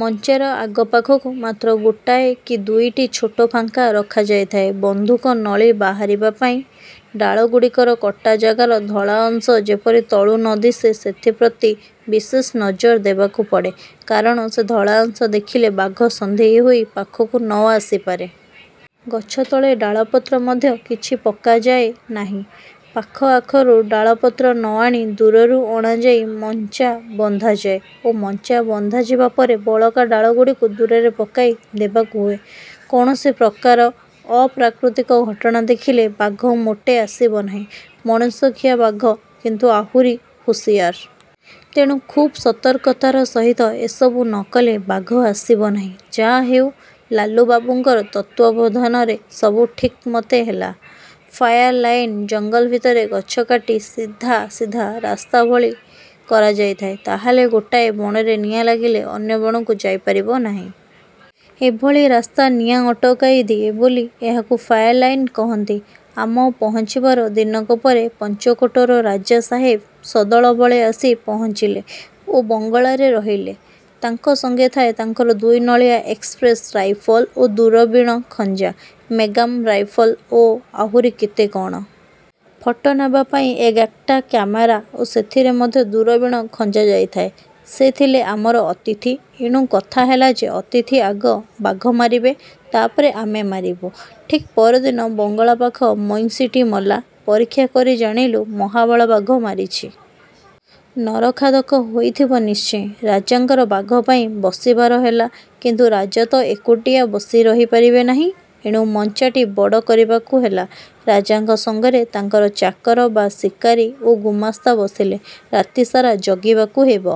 ମଞ୍ଚାର ଆଗ ପାଖକୁ ମାତ୍ର ଗୋଟାଏ କି ଦୁଇଟି ଛୋଟ ଫାଙ୍କା ରଖାଯାଇଥାଏ ବନ୍ଧୁକ ନଳି ବାହାରିପାରିବା ପାଇଁ। ଡାଳଗୁଡ଼ିକର କଟା ଜାଗାର ଧଳା ଅଂଶ ଯେପରି ତଳୁ ନ ଦିଶେ ସେଥିପ୍ରତି ବିଶେଷ ନଜର ଦେବାକୁ ପଡ଼େ; କାରଣ ସେ ଧଳା ଅଂଶ ଦେଖିଲେ ବାଘ ସନ୍ଦେହୀ ହୋଇ ପାଖକୁ ନ ଆସିପାରେ। ଗଛ ତଳେ ଡାଳପତ୍ର ମଧ୍ୟ କିଛି ପକାଯାଏ ନାହିଁ-ପାଖଆଖରୁ ଡାଳପତ୍ର ନଆଣି ଦୂରରୁ ଅଣାଯାଇ ମଞ୍ଚା ବନ୍ଧାଯାଏ ଓ ମଞ୍ଚା ବନ୍ଧାଯିବା ପରେ ବଳକା ଡାଳଗୁଡ଼ିକୁ ଦୂରରେ ପକାଇ ଦେବାକୁ ହୁଏ। କୌଣସି ପ୍ରକାର ଅପ୍ରାକୃତିକ ଘଟଣା ଦେଖିଲେ ବାଘ ମୋଟେ ଆସିବ ନାହିଁ। ମଣିଷଖିଆ ବାଘ କିନ୍ତୁ ଆହୁରି ହୁସିଆର। ତେଣୁ ଖୁବ୍ ସତର୍କତାର ସହିତ ଏସବୁ ନ କଲେ ବାଘ ଆସିବ ନାହିଁ। ଯାହାହେଉ ଲାଲୁବାବୁଙ୍କର ତତ୍ତ୍ୱାବଧାନରେ ସବୁ ଠିକ୍ମତେ ହେଲା। ଫାୟାର ଲାଇନ-ଜଙ୍ଗଲ ଭିତରେ ଗଛ କାଟି ସିଧା ସିଧା ରାସ୍ତା ଭଳି କରାଯାଇଥାଏ। ତା'ହେଲେ ଗୋଟାଏ ବଣରେ ନିଆଁ ଲାଗିଲେ ଅନ୍ୟ ବଣକୁ ଯାଇପାରିବ ନାହିଁ। ଏଭଳି ରାସ୍ତା ନିଆଁ ଅଟକାଇ ଦିଏ ବୋଲି, ଏହାକୁ ଫାୟାର ଲାଇନ କହନ୍ତି। ଆମ ପହଞ୍ଚିବାର ଦିନକ ପରେ ପଞ୍ଚକୋଟର ରାଜା ସାହେବ ସଦଳବଳେ ଆସି ପହଞ୍ଚିଲେ ଓ ବଙ୍ଗଳାରେ ରହିଲେ। ତାଙ୍କ ସଙ୍ଗେ ଥାଏ ତାଙ୍କର ଦୁଇନଳିଆ. ଏକ୍ସପ୍ରେସ୍ ରାଇଫଲ ଓ ଦୂରବିଣ ଖଞ୍ଜା. ମେଗ୍ନାମ ରାଇଫଲ ଓ ଆହୁରି କେତେ କ'ଣ। ଫଟୋ ନେବା ପାଇଁ ଏଗ୍ଯାକ୍ଟା କାମେରା; ସେଥିରେ ମଧ୍ୟ ଦୂରବିଣ ଖଞ୍ଜା ଯାଇଥାଏ। ସେ ଥିଲେ ଆମର ଅତିଥି। ଏଣୁ କଥା ହେଲା ଯେ ଅତିଥି ଆଗ ବାଘ ମାରିବେ-ତା'ପରେ ଆମେ ମାରିବୁ। ଠିକ୍ ପରଦିନ ବଙ୍ଗଳା ପାଖ ମଇଁଷିଟି ମଲା। ପରୀକ୍ଷା କରି ଜାଣିଲୁ-ମହାବଳ ବାଘ ମାରିଛି। ନରଖାଦକ ହୋଇଥିବ ନିଶ୍ଚୟ। ରାଜାଙ୍କର ବାଘ ପାଇଁ ବସିବାର ହେଲା। କିନ୍ତୁ ରାଜା ତ ଏକୁଟିଆ ବସି ରହିପାରିବେ ନାହିଁ। ଏଣୁ ମଞ୍ଚାଟି ବଡ଼ କରିବାକୁ ହେଲା। ରାଜାଙ୍କ ସଙ୍ଗରେ ତାଙ୍କର ଚାକର ବା ଶିକାରୀ ଓ ଗୁମାସ୍ତା ବସିଲେ। ରାତି ସାରା ଜଗିବାକୁ ହେବ।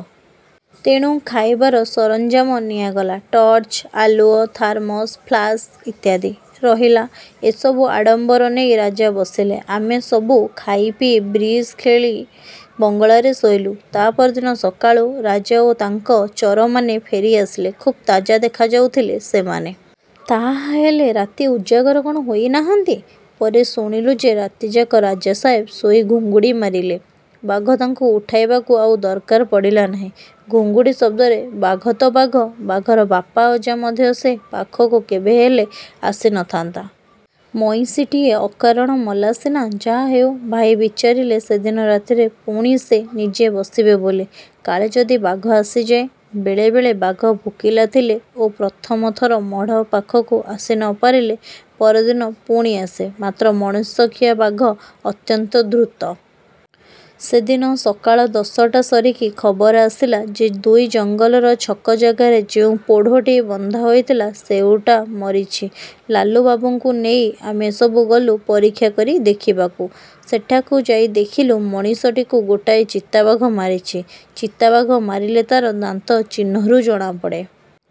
ତେଣୁ ଖାଇବାର ସରଞ୍ଜାମ ନିଆଗଲା। ଟର୍ଚ୍ଚ ଆଲୁଅ, ଥାରମସ-ଫ୍ଲାସ ଇତ୍ୟାଦି। ରହିଲା। ଏସବୁ ଆଡ଼ମ୍ବର ନେଇ ରାଜା ବସିଲେ। ଆମେ ସବୁ ଖାଇ ପିଇ ବ୍ରିଜ ଖେଳି ବଙ୍ଗଳାରେ ଶୋଇଲୁ। ତା' ପରଦିନ ସକାଳୁ ରାଜା ଓ ତାଙ୍କ ଚରମାନେ ଫେରିଆସିଲେ। ଖୁବ୍ ତାଜା ଦେଖାଯାଉଥିଲେ ସେମାନେ। ତାହାହେଲେ ରାତି ଉଜାଗର କ'ଣ ହୋଇନାହାନ୍ତି? ପରେ ଶୁଣିଲୁ ଯେ ରାତିଯାକ ରାଜାସାହେବ ଶୋଇ ଘୁଙ୍ଗୁଡ଼ି ମାରିଲେ। ବାଘ ତାଙ୍କୁ ଉଠାଇବାକୁ ଆଉ ଦରକାର ପଡ଼ିଲା ନାହିଁ। ଘୁଙ୍ଗୁଡ଼ି ଶବ୍ଦରେ ବାଘ ତ ବାଘ, ବାଘର ବାପା ଅଜା ମଧ୍ୟ ସେ ପାଖକୁ କେବେହେଲେ ଆସି ନ ଥାନ୍ତା। ମଇଁଷିଟିଏ ଅକାରଣ ମଲା ସିନା! ଯାହାହେଉ ଭାଇ ବିଚାରିଲେ ସେଦିନ ରାତିରେ ପୁଣି ସେ ନିଜେ ବସିବେ ବୋଲି। କାଳେ ଯଦି ବାଘ ଆସିଯାଏ! ବେଳେବେଳେ ବାଘ ଭୋକିଲା ଥିଲେ ଓ ପ୍ରଥମଥର ମଢ଼ ପାଖକୁ ଆସି ନ ପାରିଲେ ପରଦିନ ପୁଣି ଆସେ। ମାତ୍ର ମଣିଷଖିଆ ବାଘ ଅତ୍ୟନ୍ତ ଧୂର୍ତ୍ତ। ସେଦିନ ସକାଳ ଦଶଟା ସରିକି ଖବର ଆସିଲା ଯେ ଦୁଇ ଜଙ୍ଗଲର ଛକ ଜାଗାରେ ଯେଉଁ ପୋଢ଼ଟି ବନ୍ଧା ହୋଇଥିଲା ସେଉଟା ମରିଛି। ଲାଲୁବାବୁଙ୍କୁ ନେଇ ଆମେ ସବୁ ଗଲୁ ପରୀକ୍ଷା କରି ଦେଖିବାକୁ। ସେଠାକୁ ଯାଇ ଦେଖିଲୁ ମଇଁଷିଟିକୁ ଗୋଟାଏ ଚିତାବାଘ ମାରିଛି। ଚିତାବାଘ ମାରିଲେ ତା'ର ଦାନ୍ତ ଚିହ୍ନରୁ ଜଣାପଡ଼େ।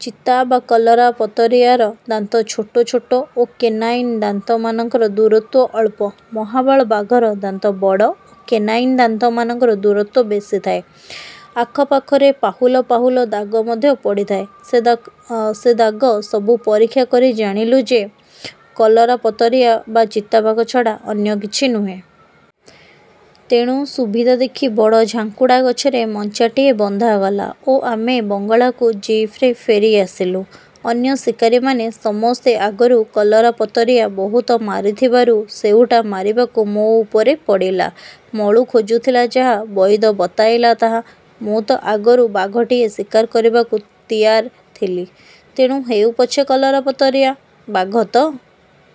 ଚିତା ବା କଲରାପତରିଆର ଦାନ୍ତ ଛୋଟ ଛୋଟ ଓ କେନାଇନ୍ ଦାନ୍ତମାନଙ୍କର ଦୂରତ୍ୱ ଅଳ୍ପ। ମହାବଳ ବାଘର ଦାନ୍ତ ବଡ଼ ଓ କେନାଇନ୍ ଦାନ୍ତମାନଙ୍କର ଦ୍ୱରତ୍ୱ ବେଶି ଥାଏ,। ଆଖ ପାଖରେ ପାହୁଲ ପାହୁଲ ଦାଗ ମଧ୍ୟ ପଡ଼ିଥାଏ। ସେ ଦାଗ ସବୁ ପରୀକ୍ଷା କରି ଜାଣିଲୁ ଯେ କଲରାପତରିଆ ବା ଚିତାବାଘ ଛଡ଼ା ଅନ୍ୟ କିଛି ନୁହେଁ। ତେଣୁ ସୁବିଧା ଦେଖି ବଡ଼ ଝାଙ୍କୁଡ଼ା ଗଛରେ ମଞ୍ଚାଟିଏ ବନ୍ଧାଗଲା ଓ ଆମେ ବଙ୍ଗଳାକୁ ଜିପ୍ରେ ଫେରିଆସିଲୁ। ଅନ୍ୟ ଶିକାରୀମାନେ ସମସ୍ତେ ଆଗରୁ କଲରାପତରିଆ ବହୁତ ମାରିଥିବାରୁ ସେଉଟା ମାରିବାକୁ ମୋ ଉପରେ ପଡ଼ିଲା। ମଳୁ ଖୋଜୁଥିଲା ଯାହା ବଇଦ ବତାଇଲା ତାହା। ମୁଁ ତ ଆଗରୁ ବାଘଟିଏ ଶିକାର କରିବାକୁ ତିଆର ଥିଲି-ତେଣୁ ହେଉ ପଛେ କଲରାପତରିଆ-ବାଘ ତ!